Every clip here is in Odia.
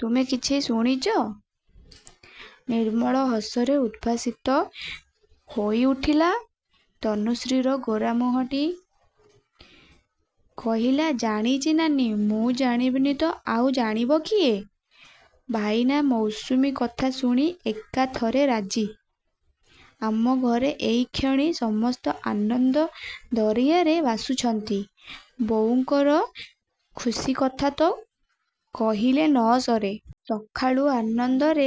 ତୁମେ କିଛି ଶୁଣିଛ? ନିର୍ମଳ ହସରେ ଉଦ୍ଭାସିତ ହୋଇଉଠିଲା ତନୁଶ୍ରୀର ଗୋରା ମୁହଁଟି। କହିଲା ଜାଣିଛି ନାନୀ, ମୁଁ ଜାଣିବିନି ତ ଆଉ ଜାଣିବ କିଏ। ଭାଇନା ମୌସୁମୀ କଥା ଶୁଣି ଏକାଥରେ ରାଜି। ଆମ ଘରେ ଏଇକ୍ଷଣି ସମସ୍ତ ଆନନ୍ଦ ଦରିଆରେ ଭାସୁଛନ୍ତି। ବୋଉଙ୍କର ଖୁସିକଥା ତ କହିଲେ ନ ସରେ। ସାକାଳୁ ଆନନ୍ଦରେ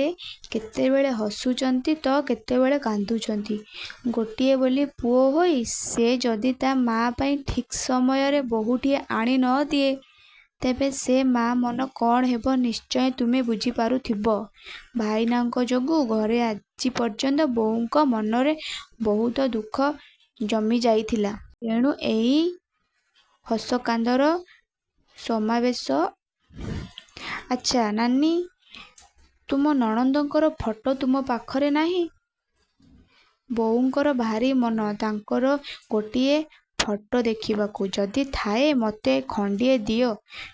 କେତେବେଳେ ହସୁଛନ୍ତି ତ କେତେବେଳେ କାନ୍ଦୁଛନ୍ତି। ଗୋଟିଏ ବୋଲି ପୁଅ ହୋଇ ସେ ଯଦି ତା' ମା' ପାଇଁ ଠିକ୍ ସମୟରେ ବୋହୂଟିଏ ଆଣି ନ ଦିଏ ତେବେ ସେଇ ମା' ମନ କ'ଣ ହେବ ନିଶ୍ଚୟ ତୁମେ ବୁଝିପାରୁଥିବ। ଭାଇନାଙ୍କ ଯୋଗୁଁ ଘରେ ଆଜିପର୍ଯ୍ୟନ୍ତ ବୋଉଙ୍କ ମନରେ ବହୁତ ଦୁଃଖ ଜମି ଯାଇଥିଲା। ତେଣୁ ଏଇ ହସକାନ୍ଦର ସମାବେଶ। ଆଚ୍ଛା ନାନୀ, ତୁମ ନଣନ୍ଦଙ୍କର ଫଟୋ ତୁମ ପାଖରେ ନାହିଁ? ବୋଉଙ୍କର ଭାରି ମନ ତାଙ୍କର ଗୋଟିଏ ଫଟୋ ଦେଖିବାକୁ। ଯଦି ଥାଏ ମୋତେ ଖଣ୍ତିଏ ଦିଅ,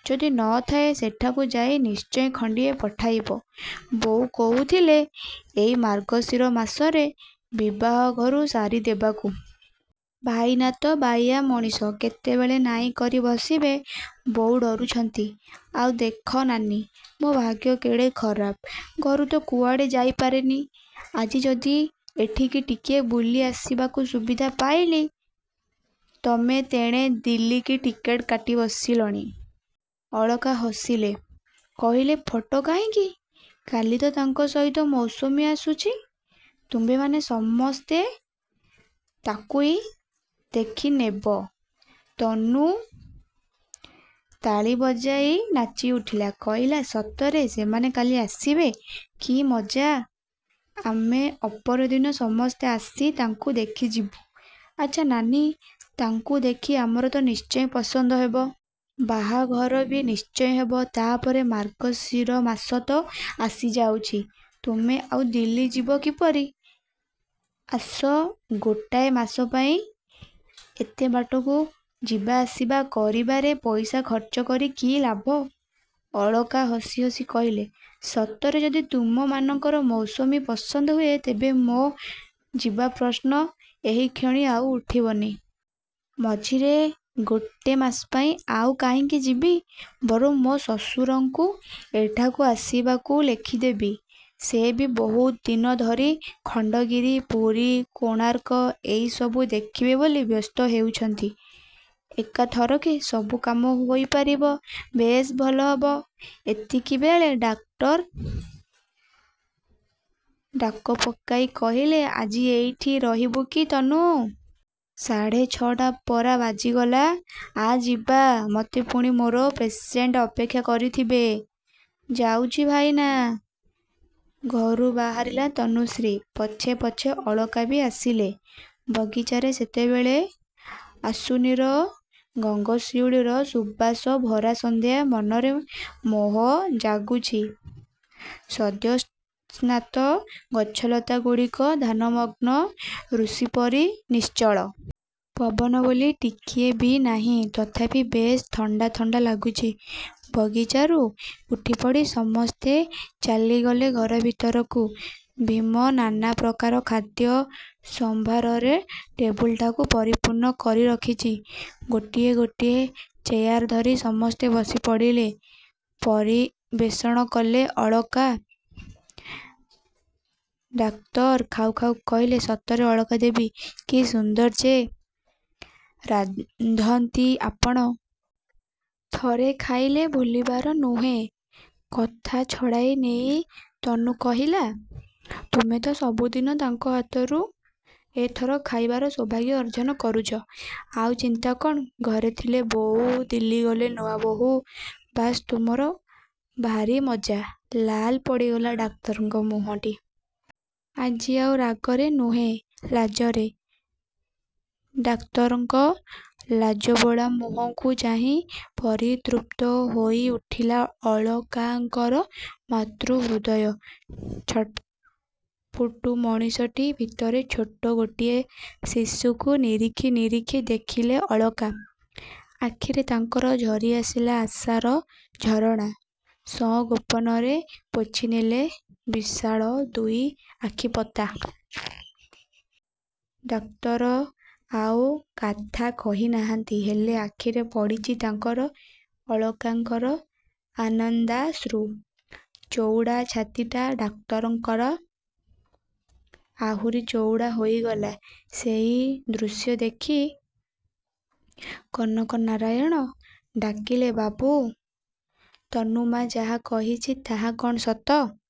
ଯଦି ନ ଥାଏ ସେଠାକୁଯାଇ ନିଶ୍ଚୟ ଖଣ୍ତିଏ ପଠାଇବ। ବୋଉ କହୁଥିଲେ, ଏଇ ମାର୍ଗଶିର ମାସରେ ବିଭାଘରୁ ସାରିଦେବାକୁ। ଭାଇନା ତ ବାୟା ମଣିଷ, କେତେବଳେ ନାହିଁକରି ବସିବେ। ବୋଉ ଡରୁଛନ୍ତି। ଆଉ ଦେଖ ନାନୀ, ମୋ ଭାଗ୍ୟ କେଡ଼େ ଖରାପ। ଘରୁ ତ କୁଆଡ଼େ ଯାଇପାରେନି। ଆଜି ଯଦି ଏଠିକି ଟିକିଏ ବୁଲି ଆସିବାକୁ ସୁବିଧା ପାଇଲି ତମେ ତେଣେ ଦିଲ୍ଲୀକି ଟିକଟ୍ କାଟି ବସିଲଣି। ଅଳକା ହସିଲେ, କହିଲେ–ଫଟୋ କାହିଁକି! କାଲି ତ ତାଙ୍କ ସହିତ ମୌସୁମୀ ଆସୁଛି-। ତୁମ୍ଭେମାନେ ସମସ୍ତେ ତାକୁଇ ଦେଖିନେବ। ତନୁ ତାଳିବଜାଇ ନାଚିଉଠିଲା, କହିଲା–ସତରେ ସେମାନେ କାଲି ଆସିବେ? କି ମଜା-! ଆମେ ପଅରଦିନ ସମସ୍ତେ ଆସି ତାଙ୍କୁ ଦେଖିଯିବୁ। ଆଚ୍ଛା ନାନୀ, ତାଙ୍କୁ ଦେଖି ଆମର ତ ନିଶ୍ଚୟ ପସନ୍ଦ ହେବ। ବାହାଘର ବି ନିଶ୍ଚୟ ହେବ ତା'ପରେ ମାର୍ଗଶିରମାସ ତ ଆସିଯାଉଛି। ତୁମେ ଆଉ ଦିଲ୍ଲୀ ଯିବ କିପରି! ଆସ ଗୋଟାଏ ମାସପାଇଁ ଏତେ ବାଟକୁ ଯିବାଆସିବା କରିବାରେ ପଇସା ଖର୍ଚ୍ଛକରି କି ଲାଭ। ଅଳକା ହସି ହସି କହିଲେ–ସତରେ ଯଦି ତୁମମାନଙ୍କର ମୌସୁମୀ ପସନ୍ଦ ହୁଏ, ତେବେ ମୋ ଯିବା ପ୍ରଶ୍ନ ଏହିକ୍ଷଣି ଆଉ ଉଠିବନି। ମଝିରେ ଗୋଟେ ମାସପାଇଁ ଆଉ କାହିଁକି ଯିବି-। ବରଂ ମୋ ଶ୍ୱଶୁରଙ୍କୁ ଏଠାକୁ ଆସିବାକୁ ଲେଖିଦେବି। ସେ ବି ବହୁତ ଦିନ ଧରି ଖଣ୍ତଗିରି, ପୁରୀ, କୋଣାର୍କ ଏହିସବୁ ଦେଖିବେ ବୋଲି ବ୍ୟସ୍ତ ହେଉଛନ୍ତି। ଏକାଥରକେ ସବୁ କାମ ହୋଇପାରିବ-। ବେଶ୍ ଭଲ ହେବ। ଏତିକିବେଳେ ଡାକ୍ତର ଡାକପକାଇ କହିଲେ–ଆଜି ଏଇଠି ରହିବୁ କି ତନୁ? ସାଡ଼େ ଛଅଟା ପରା ବାଜିଗଲା। ଆ ଯିବା। ମୋତେ ପୁଣି ମୋର ପେସେଣ୍ଟ୍ ଅପେକ୍ଷା କରିଥିବେ। –ଯାଉଛି ଭାଇନା। ଘରୁ ବାହାରିଲା ତନୁଶ୍ରୀ। ପଛେ ପଛେ ଅଳକା ବି ଆସିଲେ। ବଗିଚାରେ ସେତେବେଳେ ଆଶ୍ୱିନର ଗଙ୍ଗଶିଉଳିର ସୁବାସଭରା ସନ୍ଧ୍ୟା। ମନରେ ମୋହ ଜାଗୁଛି। ସଦ୍ୟସ୍ନାତ ଗଛଲତା ଗୁଡ଼ିକ ଧ୍ୟାନମଗ୍ନ ଋଷିପରି ନିଶ୍ଚଳ। ପବନ ବୋଲି ଟିକିଏ ବି ନାହିଁ। ତଥାପି ବେଶ୍ ଥଣ୍ତା ଥଣ୍ତା ଲାଗୁଛି। ବଗିଚାରୁ ଉଠିପଡ଼ି ସମସ୍ତେ ଚାଲିଗଲେ ଘର ଭିତରକୁ। ଭୀମ ନାନାପ୍ରକାର ଖାଦ୍ୟ ସମ୍ଭାରରେ ଟେବୁଲ୍ଟାକୁ ପରିପୂର୍ଣ୍ଣ କରି ରଖିଛି। ଗୋଟିଏ ଗୋଟିଏ ଚେୟାରଧରି ସମସ୍ତେ ବସିପଡ଼ିଲେ। ପରିବେଷଣ କଲେ ଅଳକା। ଡାକ୍ତର ଖାଉ ଖାଉ କହିଲେ–ସତରେ ଅଳକା ଦେବୀ, କି ସୁନ୍ଦର ଯେ ରାନ୍ଧନ୍ତି ଆପଣ-! ଥରେ ଖାଇଲେ ଭୁଲିବାର ନୁହେଁ। କଥା ଛଡ଼ାଇନେଇ ତନୁ କହିଲା–ତୁମେ ତ ସବୁଦିନ ତାଙ୍କ ହାତରୁ ଏଥର ଖାଇବାର ସୌଭାଗ୍ୟ ଅର୍ଜନ କରୁଛ। ଆଉ ଚିନ୍ତା କ'ଣ। ଘରେଥିଲେ ବୋଉ, ଦିଲ୍ଲୀ ଗଲେ ନୂଆବୋଉ। ବାସ୍, ତୁମର ଭାରି। ମଜା। ଲାଲ୍ ପଡ଼ିଗଲା ଡାକ୍ତରଙ୍କ ମୁହଁଟି। ଆଜି ଆଉ ରାଗରେ ନୁହେଁ, ଲାଜରେ। ଡାକ୍ତରଙ୍କ ଲାଜବୋଳା ମୁହଁକୁ ଚାହିଁ ପରିତୃପ୍ତ ହୋଇଉଠିଲା ଅଳକାଙ୍କର ମାତୃ ହୃଦୟ-। ଛଅଫୁଟ୍ ମଣିଷଟି ଭିତରେ ଛୋଟ ଗୋଟିଏ ଶିଶୁକୁ ନିରେଖି ନିରେଖି ଦେଖିଲେ ଅଳକା-। ଆଖିରେ ତାଙ୍କର ଝରିଆସିଲା ଆଶାର ଝରଣା। ସଂଗୋପନରେ ପୋଛିନେଲେ ବିଶାଳ ଦୁଇ ଆଖିପତା। ଡାକ୍ତର ଆଉ କାଥା କହିନାହାନ୍ତି। ହେଲେ, ଆଖିରେ ପଡ଼ିଛି ତାଙ୍କର ଅଳକାଙ୍କର ଆନନ୍ଦାଶ୍ରୁ। ଚଉଡ଼ା ଛାତିଟା ଡାକ୍ତରଙ୍କର ଆହୁରି ଚଉଡ଼ା ହୋଇଗଲା ସେଇ ଦୃଶ୍ୟ ଦେଖି। କନକନାରାୟଣ ଡାକିଲେ–ବୁଲୁ! ତନୁ ମା' ଯାହା କହିଛି ତାହା କ'ଣ ସତ?